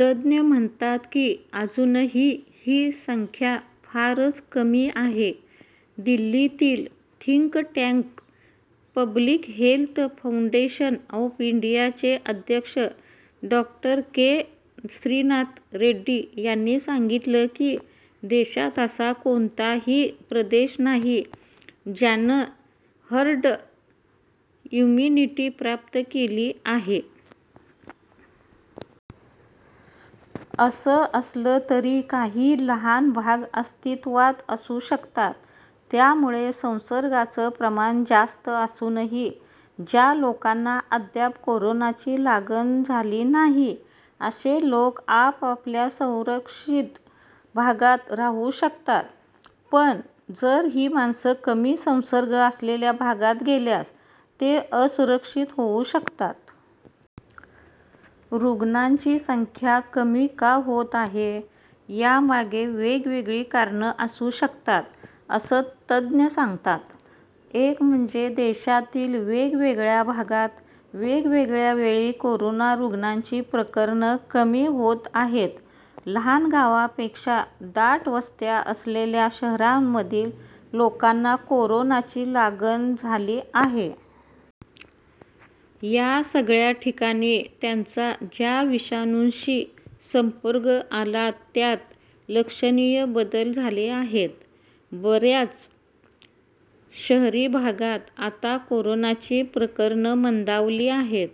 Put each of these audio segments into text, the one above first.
तज्ञ म्हणतात की अजूनही ही संख्या फारच कमी आहे. दिल्लीतील think tank 'public health foundation of इंडिया'चे अध्यक्ष डॉ. के श्रीनाथ रेड्डी यांनी सांगितलं की देशात असा कोणताही प्रदेश नाही ज्यानं हर्ड इम्यूनिटी प्राप्त केली आहे. असं असलं तरी काही लहान भाग अस्तित्त्वात असू शकतात. त्यामुळे संसर्गाचं प्रमाण जास्त असूनही ज्या लोकांना अद्याप कोरोनाची लागण झाली नाही असे लोक आपापल्या संरक्षित भागात राहू शकतात. पण, जर ही माणसं कमी संसर्ग असलेल्या भागात गेल्यास ते असुरक्षित होऊ शकतात. रुग्णांची संख्या कमी का होत आहे? यामागे वेगेवगेळी कारणं असू शकतात असं तज्ञ सांगतात. एक म्हणजे देशातील वेगवेगळ्या भागांत वेगवेगळ्या वेळी कोरोना रुग्णांची प्रकरणं कमी होत आहेत. लहान गावांपेक्षा दाटवस्त्या असलेल्या शहरांमधील लोकांना कोरोनाची लागण झाली आहे. या सगळ्या ठिकाणी त्यांचा ज्या विषाणूशी संपर्क आला त्यात लक्षणीय बदल झाले आहेत. बर्याच शहरी भागात आता कोरोनाची प्रकरणं मंदावली आहेत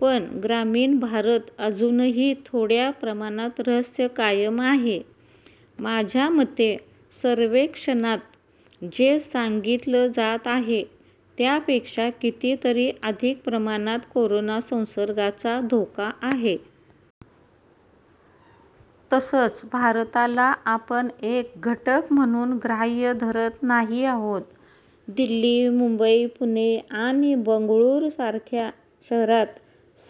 पण ग्रामीण भारत अजूनही थोड्या प्रमाणात रहस्य कायम आहे. माझ्या मते सर्वेक्षणात जे सांगितलं जात आहे त्यापेक्षा कितीतरी अधिक प्रमाणात कोरोना संसर्गाचा धोका आहे. तसंच भारताला आपण एक घटक म्हणून ग्राह्य धरत नाही आहोत. दिल्ली, मुंबई, पुणे आणि बंगळुरूसारख्या शहरांत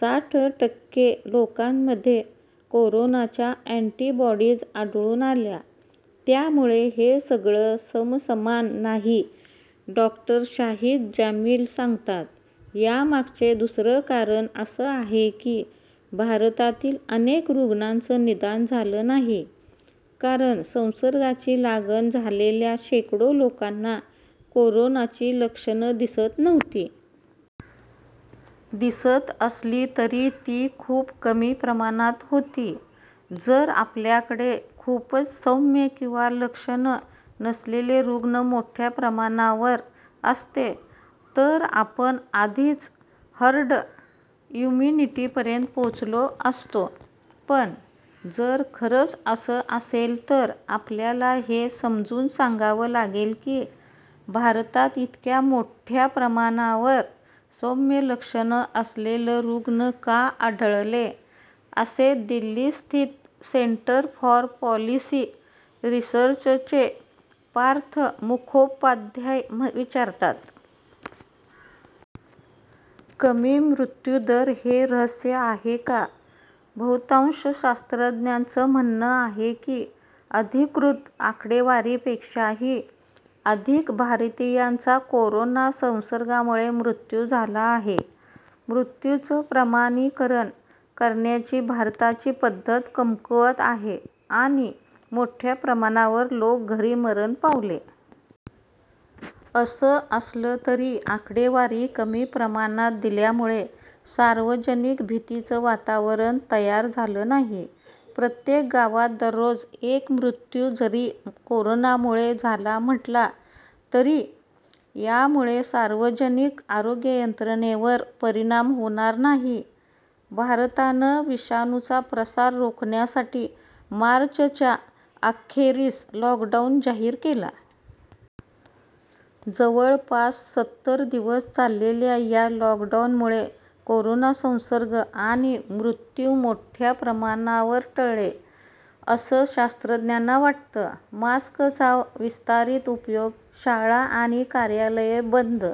साठ टक्के लोकांमध्ये कोरोनाच्या अँटिबॉडीज आढळून आल्या. त्यामुळे हे सगळं समसमान नाही डॉ. शाहीद जामिल सांगतात. यामागचे दुसरं कारण असं आहे की भारतातील अनेक रुग्णांचं निदान झालं नाही, कारण संसर्गाची लागण झालेल्या शेकडो लोकांना कोरोनाची लक्षणं दिसत नव्हती. दिसत असली तरी ती खूप कमी प्रमाणात होती. जर आपल्याकडे खूपच सौम्य किंवा लक्षणं नसलेले रुग्ण मोठ्या प्रमाणावर असते, तर आपण आधीच हर्ड इम्यूनिटीपर्यंत पोहोचलो असतो. पण, जर खरंच असं असेल तर आपल्याला हे समजून सांगावं लागेल की, भारतात इतक्या मोठ्या प्रमाणावर सौम्य लक्षणं असलेलं रुग्ण का आढळले असं दिल्लीस्थित सेंटर फॉर पॉलिसी रिसर्चचे पार्थ मुखोपाध्याय विचारतात. कमी मृत्यूदर हे रहस्य आहे का? बहुतांश शास्त्रज्ञांचं म्हणणं आहे की, अधिकृत आकडेवारीपेक्षाही अधिक भारतीयांचा कोरोना ससंर्गामुळे मृत्यू झाला आहे. मृत्यूचं प्रमाणीकरण करण्याची भारताची पद्धत कमकुवत आहे आणि मोठ्या प्रमाणावर लोक घरी मरण पावले. असं असलं तरी आकडेवारी कमी प्रमाणात दिल्यामुळे सार्वजनिक भीतीचं वातावरण तयार झालं नाही. प्रत्येक गावात दररोज एक मृत्यू जरी कोरोनामुळे झाला म्हटला तरी यामुळे सार्वजनिक आरोग्य यंत्रणेवर परिणाम होणार नाही. भारतानं विषाणूचा प्रसार रोखण्यासाठी मार्चच्या अखेरीस लॉकडाऊन जाहीर केला. जवळपास सत्तर दिवस चाललेल्या या लॉकडाऊनमुळे कोरोना संसर्ग आणि मृत्यू मोठ्या प्रमाणावर टळले, असं शास्त्रज्ञांना वाटतं. मास्कचा विस्तारित उपयोग, शाळा आणि कार्यालय बंद